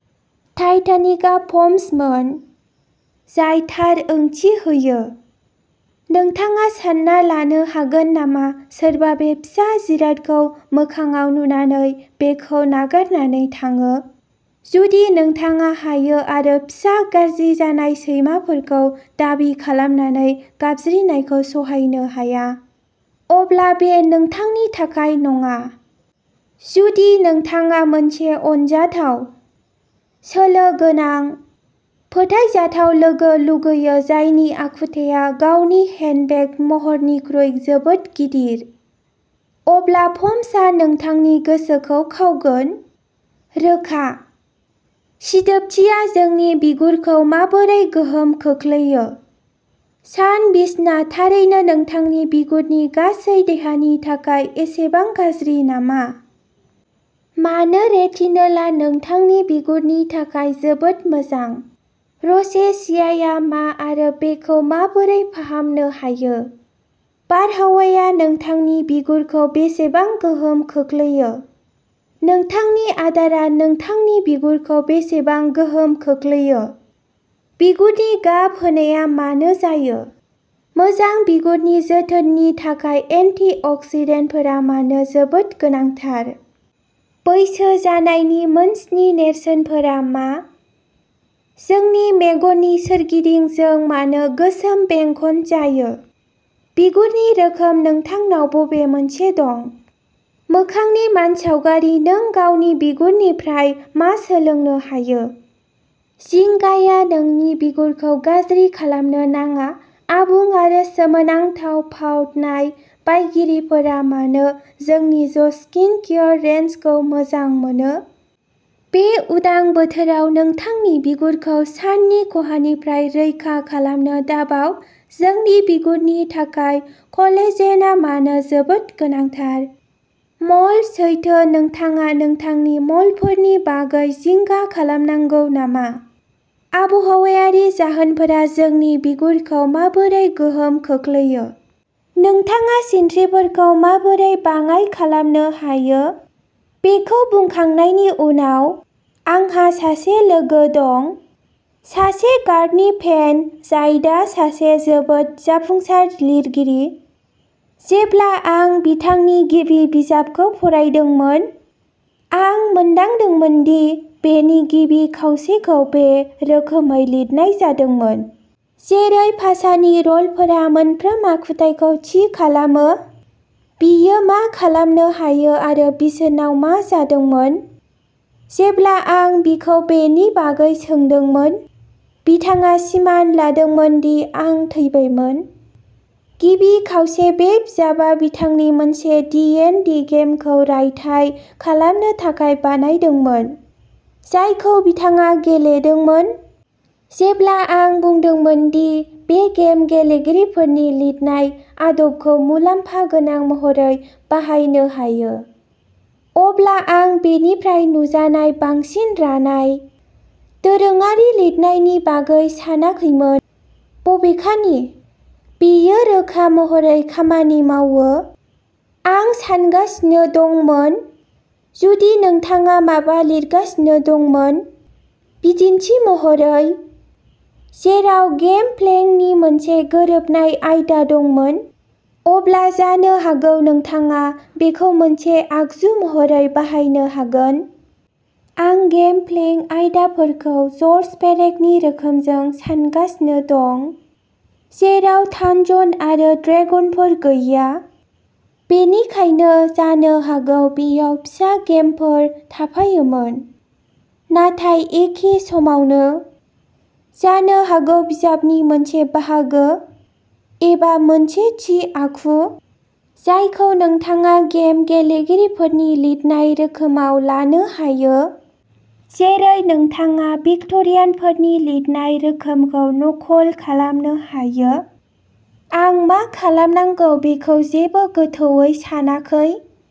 टाइटानिकआ पम्समोन। जाय थार ओंथि होयो। नोंथाङा सानना लानो हागोन नामा सोरबा बे फिसा जिरादखौ मोखांआव नुनानै बेखौ नागारनानै थाङो? जुदि नोंथाङा हायो आरो फिसा गाज्रि जानाय सैमाफोरखौ दाबि खालामनानै गाबज्रिनायखौ सहायनो हाया, अब्ला बे नोंथांनि थाखाय नङा। जुदि नोंथाङा मोनसे अनजाथाव, सोलो गोनां, फोथायजाथाव लोगो लुगैयो जायनि आखुथाया गावनि हेन्डबेग महरनिख्रुइ जोबोद गिदिर, अब्ला पम्सआ नोंथांनि गोसोखौ खावगोन। रोखा। सिदोबथिया जोंनि बिगुरखौ माबोरै गोहोम खोख्लैयो? सान बिसना थारैनो नोंथांनि बिगुरनि गासै देहानि थाखाय एसेबां गाज्रि नामा? मानो रेटिनलआ नोंथांनि बिगुरनि थाखाय जोबोद मोजां? र'सेसियाआ मा आरो बेखौ माबोरै फाहामनो हायो? बारहावाया नोंथांनि बिगुरखौ बेसेबां गोहोम खोख्लैयो? नोंथांनि आदारआ नोंथांनि बिगुरखौ बेसेबां गोहोम खोख्लैयो? बिगुरनि गाब होनाया मानो जायो? मोजां बिगुरनि जोथोननि थाखाय एन्टिअक्सिडेन्टफोरा मानो जोबोद गोनांथार? बैसो जानायनि मोनस्नि नेरसोनफोरा मा? जोंनि मेगननि सोरगिदिं जों मानो गोसोम बेंखन जायो? बिगुरनि रोखोम नोंथांनाव बबे मोनसे दं? मोखांनि मानसावगारि नों गावनि बिगुरनिफ्राय मा सोलोंनो हायो? जिंगाया नोंनि बिगुरखौ गाज्रि खालामनो नाङा आबुं आरो सोमोनांथाव पाउट नाय बायगिरिफोरा मानो जोंनि ज'स्किनकेयार रेन्जखौ मोजां मोनो? बे उदां बोथोराव नोंथांनि बिगुरखौ साननि खहानिफ्राय रैखा खालामनो दाबाव जोंनि बिगुरनि थाखाय कलाजेनआ मानो जोबोद गोनांथार? म'ल सैथो नोंथाङा नोंथांनि म'लफोरनि बागै जिंगा खालामनांगौ नामा? आबहावायारि जाहोनफोरा जोंनि बिगुरखौ माबोरै गोहोम खोख्लैयो? नोंथाङा सिनस्रिफोरखौ माबोरै बाङाय खालामनो हायो? बेखौ बुंखांनायनि उनाव, आंहा सासे लोगो दं, सासे गार्गनि फेन जाय दा सासे जोबोद जाफुंसार लिरगिरि। जेब्ला आं बिथांनि गिबि बिजाबखौ फरायदोंमोन, आं मोनदांदोंमोन दि बेनि गिबि खावसेखौ बे रोखोमै लिरनाय जादोंमोन। जेरै पासानि र'लफोरा मोनफ्रोम आखुथाइखौ थि खालामो, बियो मा खालामनो हायो आरो बिसोरनाव मा जादोंमोन। जेब्ला आं बिखौ बेनि बागै सोंदोंमोन, बिथाङा सिमान लादोंमोन दि आं थैबायमोन। गिबि खावसे बे बिजाबआ बिथांनि मोनसे डी एन्ड डी गेमखौ रायथाइ खालामनो थाखाय बानायदोंमोन, जायखौ बिथाङा गेलेदोंमोन। जेब्ला आं बुंदोंमोन दि बे गेम गेलेगिरिफोरनि लिरनाय आदबखौ मुलाम्फा गोनां महरै बाहायनो हायो, अब्ला आं बेनिफ्राय नुजानाय बांसिन रानाय, दोरोङारि लिरनायनि बागै सानाखैमोन। बबेखानि, बेयो रोखा महरै खामानि मावो। आं सानगासिनो दंमोन, जुदि नोंथाङा माबा लिरगासिनो दंमोन, बिदिन्थि महरै, जेराव गेम प्लेइंगनि मोनसे गोरोबनाय आयदा दंमोन, अब्ला जानो हागौ नोंथाङा बेखौ मोनसे आगजु महरै बाहायनो हागोन। आं गेम प्लेइंग आयदाफोरखौ जर्ज पेरेकनि रोखोमजों सानगासिनो दं, जेराव थानजन आरो ड्रेगनफोर गैया। बेनिखायनो जानो हागौ बेयाव फिसा गेमफोर थाफायोमोन। नाथाय एखे समावनो, जानो हागौ बिजाबनि मोनसे बाहागो, एबा मोनसे थि आखु, जायखौ नोंथाङा गेम गेलेगिरिफोरनि लिरनाय रोखोमाव लानो हायो। जेरै नोंथाङा भिक्ट'रियानफोरनि लिरनाय रोखोमखौ नकल खालामनो हायो। आं मा खालामनांगौ बेखौ जेबो गोथौवै सानाखै।